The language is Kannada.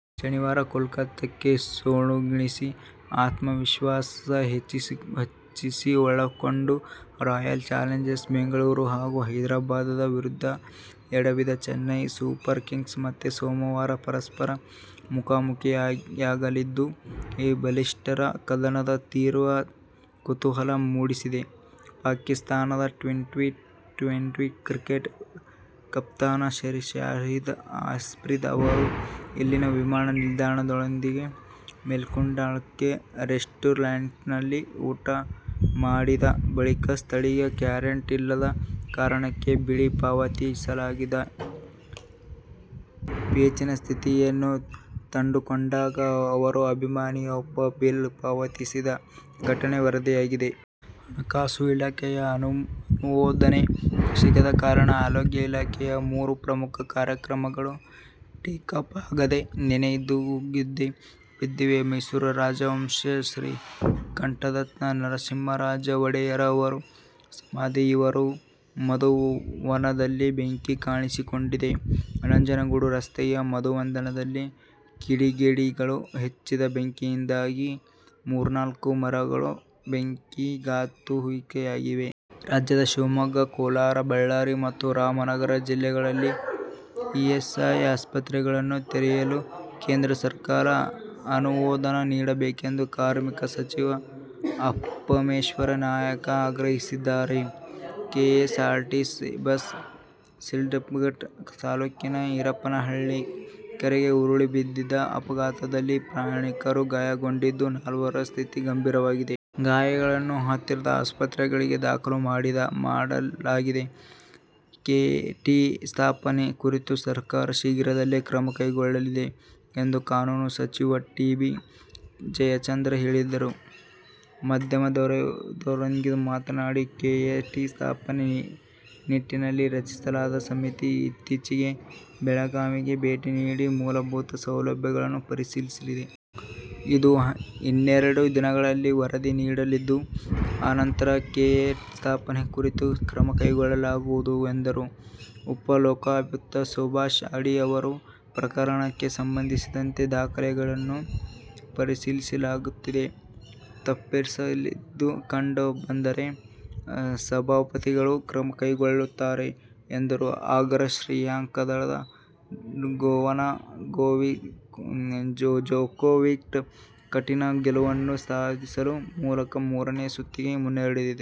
ಶನಿವಾರ ಕೋಲ್ಕತಾಕ್ಕೆ ಸೋಲುಣಿಸಿ ಆತ್ಮವಿಸ್ವಾಸ ಹೆಚ್ಚಿಸಿಒಕೊಂಡ ರಾಯಲ್ ಚಾಲೆಂಜರ್ ಬೆಂಗಳೂರು ಹಾಗೂ ಹೈದರಾಬಾದ್ ವಿರುದ್ಧ ಎಡವಿದ ಚೆನ್ನೈ ಸೂಪರ್ ಕಿಂಗ್ಸ್ ಮತ್ತೆ ಸೋಮವಾರ ಪರಸ್ಪರ ಮುಖಾಮುಖೀಯಾಗಲಿದ್ದು, ಈ ಬಲಿಷ್ಠರ ಕದನ ತೀವ್ರ ಕುತೂಹಲ ಮೂಡಿಸಿದೆ. ಪಾಕಿಸ್ಥಾನದ ಟ್ವೆಂಟಿ ಟ್ವೆಂಟಿ ಕ್ರಿಕೆಟ್ ಕಪ್ತಾನ ಶಾಹೀದ್ ಆಫ್ರಿದಿ ಅವರು ಇಲ್ಲಿನ ವಿಮಾನ ನಿಲ್ದಾಣದೊಳಗಿನ ಮೆಕ್ಡೊನಾಲ್ಡ್ ರೆಸ್ಟುರಾಂಟ್ನಲ್ಲಿ ಊಟ ಮಾಡಿದ ಬಳಿಕ ಸ್ಥಳೀಯ ಕರೆನ್ಸಿ ಇಲ್ಲದ ಕಾರಣಕ್ಕೆ ಬಿಲ್ ಪಾವತಿಸಲಾಗದೆ ಪೇಚಿನ ಸ್ಥಿತಿಯನ್ನು ತಂದುಕೊಂಡಾಗ ಅವರ ಅಭಿಮಾನಿಯೊಬ್ಬ ಬಿಲ್ ಪಾವತಿಸಿದ ಘಟನೆ ವರದಿಯಾಗಿದೆ. ಹಣಕಾಸು ಇಲಾಖೆಯ ಅನುಮೋದನೆ ಸಿಗದ ಕಾರಣ ಆರೋಗ್ಯ ಇಲಾಖೆಯ ಮೂರು ಪ್ರಮುಖ ಕಾರ್ಯಕ್ರಮಗಳು "ಟೇಕಾಫ್' ಆಗದೆ ನೆನೆಗುದಿಗೆ ಬಿದ್ದಿವೆ. ಮೈಸೂರು ರಾಜವಂಶಸ್ಥ ಶ್ರೀಕಂಠದತ್ತ ನರಸಿಂಹರಾಜ ಒಡೆಯರ್ ಅವರ ಸಮಾಧಿ ಇರುವ ಮಧುವನದಲ್ಲಿ ಬೆಂಕಿ ಕಾಣಿಸಿಕೊಂಡಿದೆ. ನಂಜನಗೂಡು ರಸ್ತೆಯ ಮಧುವನದಲ್ಲಿ ಕಿಡಿಗೇಡಿಗಳು ಹಚ್ಚಿದ ಬೆಂಕಿಯಿಂದಾಗಿ ಮೂರ್ನಾಲ್ಕು ಮರಗಳು ಬೆಂಕಿಗಾಹುತಿಯಾಗಿವೆ. ರಾಜ್ಯದ ಶಿವಮೊಗ್ಗ, ಕೋಲಾರ, ಬಳ್ಳಾರಿ ಮತ್ತು ರಾಮನಗರ ಜಿಲ್ಲೆಗಳಲ್ಲಿ ಇಎಸ್ಐ ಆಸ್ಪತ್ರೆಗಳನ್ನು ತೆರೆಯಲು ಕೇಂದ್ರ ಸರ್ಕಾರ ಅನುಮೋದನೆ ನೀಡಬೇಕೆಂದು ಕಾರ್ಮಿಕ ಸಚಿವ ಪರಮೇಶ್ವರ್ ನಾಯಕ ಆಗ್ರಹಿಸಿದ್ದಾರೆ. ಕೆಎಸ್ಆರ್ಟಿಸಿ ಬಸ್ ಶಿಡ್ಲಘಟ್ಟ ತಾಲೂಕಿನ ಇರಿಗಪ್ಪನಹಳ್ಳಿ ಕೆರೆಗೆ ಉರುಳಿ ಬಿದ್ದಿದೆ. ಅಪಘಾತದಲ್ಲಿ ಪ್ರಯಾಣಿಕರು ಗಾಯಗೊಂಡಿದ್ದು, ನಾಲ್ವರ ಸ್ಥಿತಿ ಗಂಭೀರವಾಗಿದೆ. ಗಾಯಾಳುಗಳನ್ನು ಹತ್ತಿರದ ಆಸ್ಪತ್ರೆಗಳಿಗೆ ದಾಖಲು ಮಾಡಲಾಗಿದೆ. ಕೆಎಟಿ ಸ್ಥಾಪನೆ ಕುರಿತು ಸರಕಾರ ಶೀಘ್ರದಲ್ಲೇ ಕ್ರಮ ಕೈಗೊಳ್ಳಲಿದೆ ಎಂದು ಕಾನೂನು ಸಚಿವ ಟಿ. ಬಿ. ಜಯಚಂದ್ರ ಹೇಳಿದರು. ಮಾಧ್ಯಮದವರೊಂದಿಗೆ ಮಾತನಾಡಿ, ಕೆಎಟಿ ಸ್ಥಾಪನೆ ನಿಟ್ಟಿನಲ್ಲಿ ರಚಿಸಲಾದ ಸಮಿತಿ ಇತ್ತೀಚೆಗೆ ಬೆಳಗಾವಿಗೆ ಭೇಟಿ ನೀಡಿ ಮೂಲಭೂತ ಸೌಲಭ್ಯಗಳನ್ನು ಪರಿಶೀಲಿಸಿದೆ. ಇದು ಇನ್ನೆರಡು ದಿನಗಳಲ್ಲಿ ವರದಿ ನೀಡಲಿದ್ದು, ಅನಂತರ ಕೆಎಟಿ ಸ್ಥಾಪನೆ ಕುರಿತು ಕ್ರಮ ಕೈಗೊಳ್ಳಲಾಗುವುದು ಎಂದರು. ಉಪ ಲೋಕಾಯುಕ್ತ ಸುಭಾಷ ಅಡಿ ಅವರ ಪ್ರಕರಣಕ್ಕೆ ಸಂಬಂಧಿಸಿದಂತೆ ದಾಖಲೆಗಳನ್ನು ಪರಿಶೀಲಿಸಲಾಗುತ್ತಿದೆ. ತಪ್ಪೆಸಗಿದ್ದು ಕಂಡು ಬಂದರೆ ಸಭಾಪತಿಗಳು ಕ್ರಮ ಕೈಗೊಳ್ಳುತ್ತಾರೆ ಎಂದರು. ಅಗ್ರ ಶ್ರೇಯಾಂಕದ ನೊವಾಕ್ ಜೊಕೋವಿಕ್ ಕಠಿನ ಗೆಲುವನ್ನು ಸಾಧಿಸುವ ಮೂಲಕ ಮೂರನೇ ಸುತ್ತಿಗೆ ಮುನ್ನಡೆದರು.